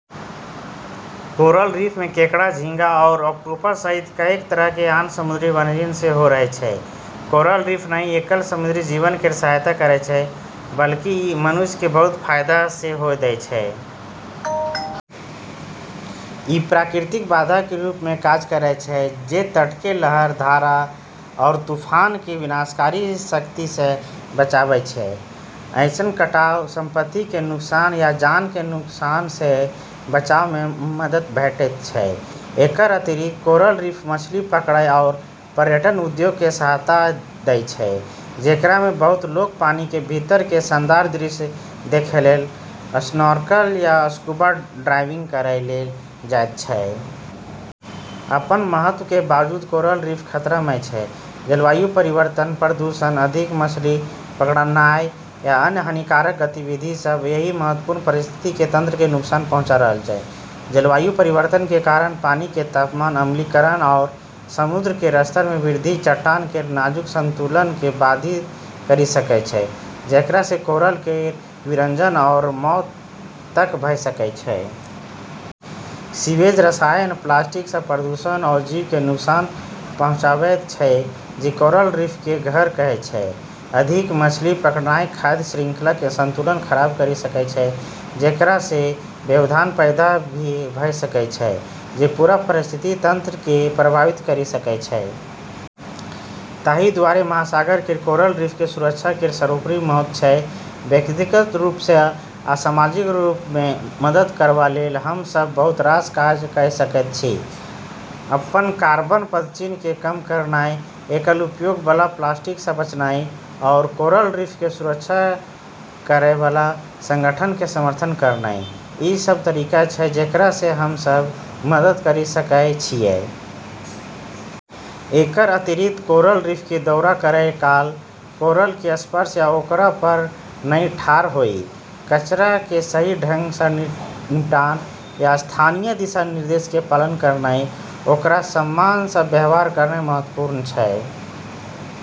Coral रीफमे केकड़ा, झींगा, आओर ऑक्टोपस सहित कएक तरहक आन समुद्री वन्यजीव सेहो रहै छै। कोरल रीफ नहि केवल समुद्री जीवन केर सहायता करै छै, बल्कि ई मनुष्यके बहुत फाइदा सेहो दै छै। ई प्राकृतिक बाधाके रूपमे काज करै छै, जे तटके लहर, धारा आओर तूफानके विनाशकारी शक्तिसँ बचबै छै। अइसँ कटाव, संपत्तिके नुकसान, आ जानके नुकसानसँ बचावमे मदद भेटैत छै । एकर अतिरिक्त, कोरल रीफ मछली पकड़ै आओर पर्यटन उद्योगके सहायता दै छै, जेकरामे बहुत लोक पानिके भीतरके शानदार दृश्य देखै लेल स्नॉर्कल या स्कूबा डाइविंग करै लेल जाइत छै। अपन महत्वके बावजूद कोरल रीफ खतरामे छै। जलवायु परिवर्तन, प्रदूषण, अधिक मछली पकड़नाइ, आ अन्य हानिकारक गतिविधि सब, एहि महत्वपूर्ण पारिस्थितिकी तंत्रके नुकसान पहुंचा रहल छै । जलवायु परिवर्तनके कारण पानिके तापमान, अम्लीकरण, आओर समुद्र केर स्तरमे वृद्धि चट्टान केर नाजुक संतुलनके बाधित करि सकै छै, जेकरासँ कोरल केर विरंजन आओर मौत तक भ' सकै छै। सीवेज, रसायन आ प्लास्टिकसँ प्रदूषण ओ जीवके नुकसान पहुंचाबैत छै जे कोरल रीफके घर कहै छै । अधिक मछली पकड़नाइ खाद्य श्रृंखलाके संतुलन खराब करि सकय छै, जेकरासँ व्यवधान पैदा भ' सकय छै जे पूरा पारिस्थितिकी तंत्रके प्रभावित करि सकय छै। ताहि दुआरे महासागर केर कोरल रीफके सुरक्षा केर सर्वोपरि महत्व छै। व्यक्तिगत रूपसँ आ सामाजिक रूपमे मदद करबा लेल हम सब बहुत रास काज क' सकैत छी। अपन कार्बन पदचिह्नके कम करनाइ, एकल उपयोगबला प्लास्टिकसँ बचनाइ, आओर कोरल रीफके सुरक्षा करैबला संगठनके समर्थन करनाइ, ई सब तरीका छै जेकरासँ हमसब मदद करि सकै छियै। एकर अतिरिक्त, कोरल रीफके दौरा करै काल, कोरलके स्पर्श या ओकरा पर नहि ठार होइ, कचराके सही ढङ्ग सँ निपटान, आ स्थानीय दिशा निर्देशके पालन करनाइ, ओकरा सम्मानसँ व्यवहार करनाइ महत्वपूर्ण छै ।